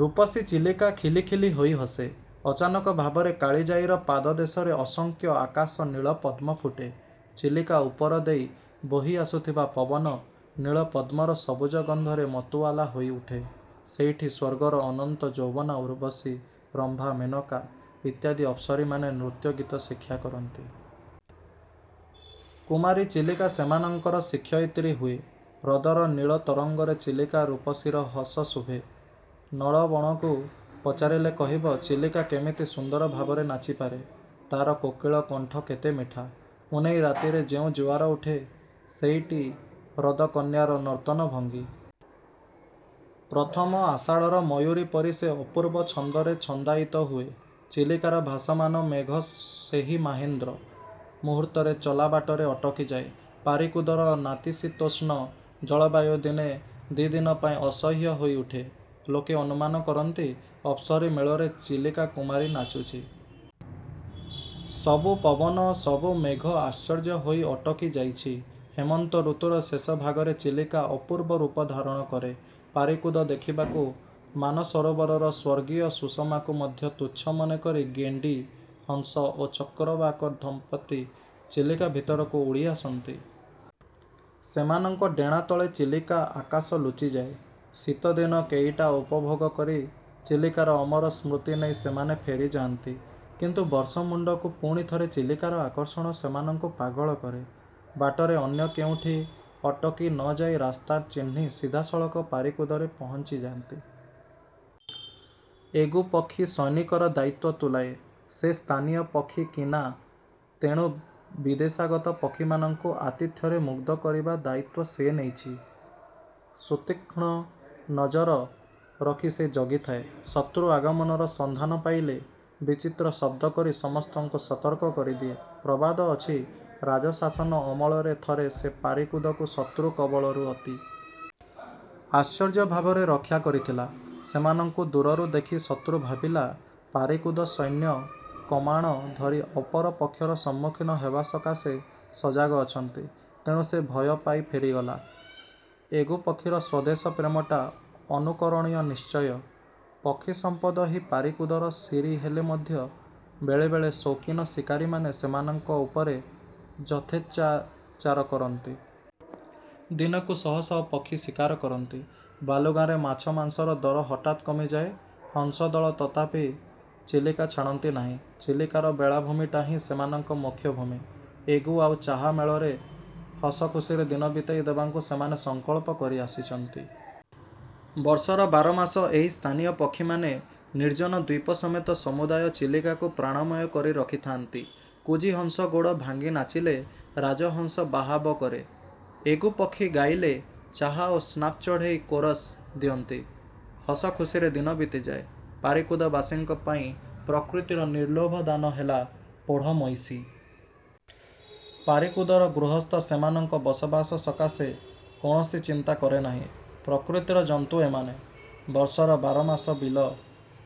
ରୂପସୀ ଚିଲିକା ଖିଲି ଖିଲି ହୋଇ ହସେ। ଅଚାନକ ଭାବରେ କାଳିଜାଈର ପାଦଦେଶରେ ଅସଂଖ୍ୟ ଆକାଶ-ନୀଳ-ପଦ୍ମ ଫୁଟେ। ଚିଲିକା ଉପର ଦେଇ ବୋହିଆସୁଥିବା ପବନ, ନୀଳପଦ୍ମର ସବୁଜ ଗନ୍ଧରେ ମତୁଆଲା ହୋଇ ଉଠେ। ସେଇଠି ସ୍ୱର୍ଗର ଅନନ୍ତ ଯୌବନା ଉର୍ବଶୀ, ରମ୍ଭା, ମେନକା ଇତ୍ୟାଦି ଅପ୍ସରୀମାନେ ନୃତ୍ୟଗୀତ ଶିକ୍ଷା କରନ୍ତି। କୁମାରୀ ଚିଲିକା ସେମାନଙ୍କର ଶିକ୍ଷୟିତ୍ରୀ ହୁଏ। ହ୍ରଦର ନୀଳ ତରଙ୍ଗରେ ଚିଲିକା ରୂପସୀର ହସ ଶୁଭେ। ନଳବଣକୁ ପଚାରିଲେ କହିବ, ଚିଲିକା କେମିତି ସୁନ୍ଦର ଭାବରେ ନାଚିପାରେ। ତାର କୋକିଳ-କଣ୍ଠ କେତେ ମିଠା! ପୂନେଇ ରାତିରେ ଯେଉଁ ଜୁଆର ଉଠେ, ସେଇଟି ହ୍ରଦ-କନ୍ୟାର ନର୍ତ୍ତନ ଭଙ୍ଗୀ। ପ୍ରଥମ ଆଷାଢ଼ର ମୟୂରୀ ପରି ସେ ଅପୂର୍ବ ଛନ୍ଦରେ ଛନ୍ଦାୟିତ ହୁଏ। ଚିଲିକାର ଭାସମାନ ମେଘ ସେହି ମାହେନ୍ଦ୍ର ମୂହୂର୍ତ୍ତରେ ଚଲାବାଟରେ ଅଟକି ଯାଏ। ପାରିକୁଦର ନାତିଶୀତୋଷ୍ଣ ଜଳବାୟୁ ଦିନେ ଦି'ଦିନ ପାଇଁ ଅସହ୍ୟ ହୋଇ ଉଠେ। ଲୋକେ ଅନୁମାନ କରନ୍ତି, ଅପ୍ସରୀ ମେଳରେ ଚିଲିକା-କୁମାରୀ ନାଚୁଛି। ସବୁ ପବନ, ସବୁ ମେଘ ଆଶ୍ଚର୍ଯ୍ୟ ହୋଇ ଅଟକି ଯାଇଛି। ହେମନ୍ତ ଋତୁର ଶେଷ ଭାଗରେ ଚିଲିକା ଅପୂର୍ବ ରୂପ ଧାରଣ କରେ। ପାରିକୁଦ ଦେଖିବାକୁ, ମାନସରୋବରର ସ୍ୱର୍ଗୀୟ ସୁଷମାକୁ ମଧ୍ୟ ତୁଚ୍ଛ ମନେ କରି ଗେଣ୍ଡି, ହଂସ ଓ ଚକ୍ରବାକ ଦମ୍ପତ୍ତି ଚିଲିକା ଭିତରକୁ ଉଡ଼ି ଆସନ୍ତି। ସେମାନଙ୍କ ଡେଣା ତଳେ ଚିଲିକା ଆକାଶ ଲୁଚିଯାଏ। ଶୀତଦିନ କେଇଟା ଉପଭୋଗ କରି ଚିଲିକାର ଅମର ସ୍ମୃତି ନେଇ ସେମାନେ ଫେରି ଯାଆନ୍ତି। କିନ୍ତୁ ବର୍ଷ ମୁଣ୍ଡକୁ ପୁଣି ଥରେ ଚିଲିକାର ଆକର୍ଷଣ ସେମାନଙ୍କୁ ପାଗଳ କରେ। ବାଟରେ ଅନ୍ୟ କେଉଁଠି ଅଟକି ନ ଯାଇ ରାସ୍ତା ଚିହ୍ନି ସିଧାସଳଖ ପାରିକୁଦରେ ପହୁଞ୍ଚିଯାନ୍ତି। ଏଗୁପକ୍ଷୀ ସୈନିକର ଦାୟିତ୍ୱ ତୁଲାଏ। ସେ ସ୍ଥାନୀୟ ପକ୍ଷୀ କିନା, ତେଣୁ ବିଦେଶାଗତ ପକ୍ଷୀମାନଙ୍କୁ ଆତିଥ୍ୟରେ ମୁଗ୍ଧ କରିବା ଦାୟିତ୍ୱ ସେ ନେଇଛି। ସୁତୀକ୍ଷ୍ଣ ନଜର ରଖି ସେ ଜଗିଥାଏ। ଶତ୍ରୁ ଆଗମନର ସନ୍ଧାନ ପାଇଲେ ବିଚିତ୍ର ଶବ୍ଦ କରି ସମସ୍ତଙ୍କୁ ସତର୍କ କରିଦିଏ। ପ୍ରବାଦ ଅଛି, ରାଜ-ଶାସନ ଅମଳରେ ଥରେ ସେ ପାରିକୁଦକୁ ଶତ୍ରୁ କବଳରୁ ଅତି। ଆଶ୍ଚର୍ଯ୍ୟ ଭାବରେ ରକ୍ଷା କରିଥିଲା। ସେମାନଙ୍କୁ ଦୂରରୁ ଦେଖି ଶତ୍ରୁ ଭାବିଲା ପାରିକୁଦ ସୈନ୍ୟ କମାଣ ଧରି ଅପର ପକ୍ଷର ସମ୍ମୁଖୀନ ହେବା ସକାଶେ ସଜାଗ ଅଛନ୍ତି। ତେଣୁ ସେ ଭୟ ପାଇ ଫେରିଗଲା। ଏଗୁପକ୍ଷୀର ସ୍ୱଦେଶ ପ୍ରେମଟା ଅନୁକରଣୀୟ ନିଶ୍ଚୟ! ପକ୍ଷୀସମ୍ପଦ ହିଁ ପାରିକୁଦର ଶୀରି ହେଲେ ମଧ୍ୟ ବେଳେ ବେଳେ ସୌକିନ ଶିକାରୀମାନେ ସେମାନଙ୍କ ଉପରେ ଯଥେଚ୍ଛାଚାର କରନ୍ତି। ଦିନକୁ ଶହ ଶହ ପକ୍ଷୀ ଶିକାର କରନ୍ତି-। ବାଲୁଗାଁରେ ମାଛ ମାଂସର ଦର ହଠାତ୍ କମିଯାଏ। ହଂସଦଳ ତଥାପି ଚିଲିକା ଛାଡ଼ନ୍ତି ନାହିଁ। ଚିଲିକାର ବେଳାଭୂମିଟାହିଁ ସେମାନଙ୍କ ମୋକ୍ଷଭୂମି। 'ଏଗୁ' ଆଉ 'ଚାହା' ମେଳରେ ହସ ଖୁସିରେ ଦିନ ବିତେଇ ଦେବାକୁ ସେମାନେ ସଂକଳ୍ପ କରି ଆସିଛନ୍ତି। ବର୍ଷର ବାରମାସ ଏହି ସ୍ଥାନୀୟ ପକ୍ଷୀମାନେ ନିର୍ଜନ ଦ୍ୱୀପ ସମେତ ସମୁଦାୟ ଚିଲିକାକୁ ପ୍ରାଣମୟ କରି ରଖିଥାଆନ୍ତି। କୁଜୀ ହଂସ ଗୋଡ଼ ଭାଙ୍ଗି ନାଚିଲେ ରାଜହଂସ ବାହାବା କରେ। ଏଗୁପକ୍ଷୀ ଗାଇଲେ ଚାହା ଓ ସ୍ନାପ୍ଚଢ଼େଇ କୋରସ୍ ଦିଅନ୍ତି। ହସ ଖୁସିରେ ଦିନ ବିତିଯାଏ। ପାରିକୁଦବାସୀଙ୍କ ପାଇଁ ପ୍ରକୃତିର ନିର୍ଲୋଭ ଦାନ ହେଲା ପୋଢ଼ ମହିଷୀ। ପାରିକୁଦର ଗୃହସ୍ଥ ସେମାନଙ୍କ ବସବାସ ସକାଶେ କୌଣସି ଚିନ୍ତା କରେନାହିଁ। ପ୍ରକୃତିର ଜନ୍ତୁ ଏମାନେ। ବର୍ଷର ବାରମାସ ବିଲ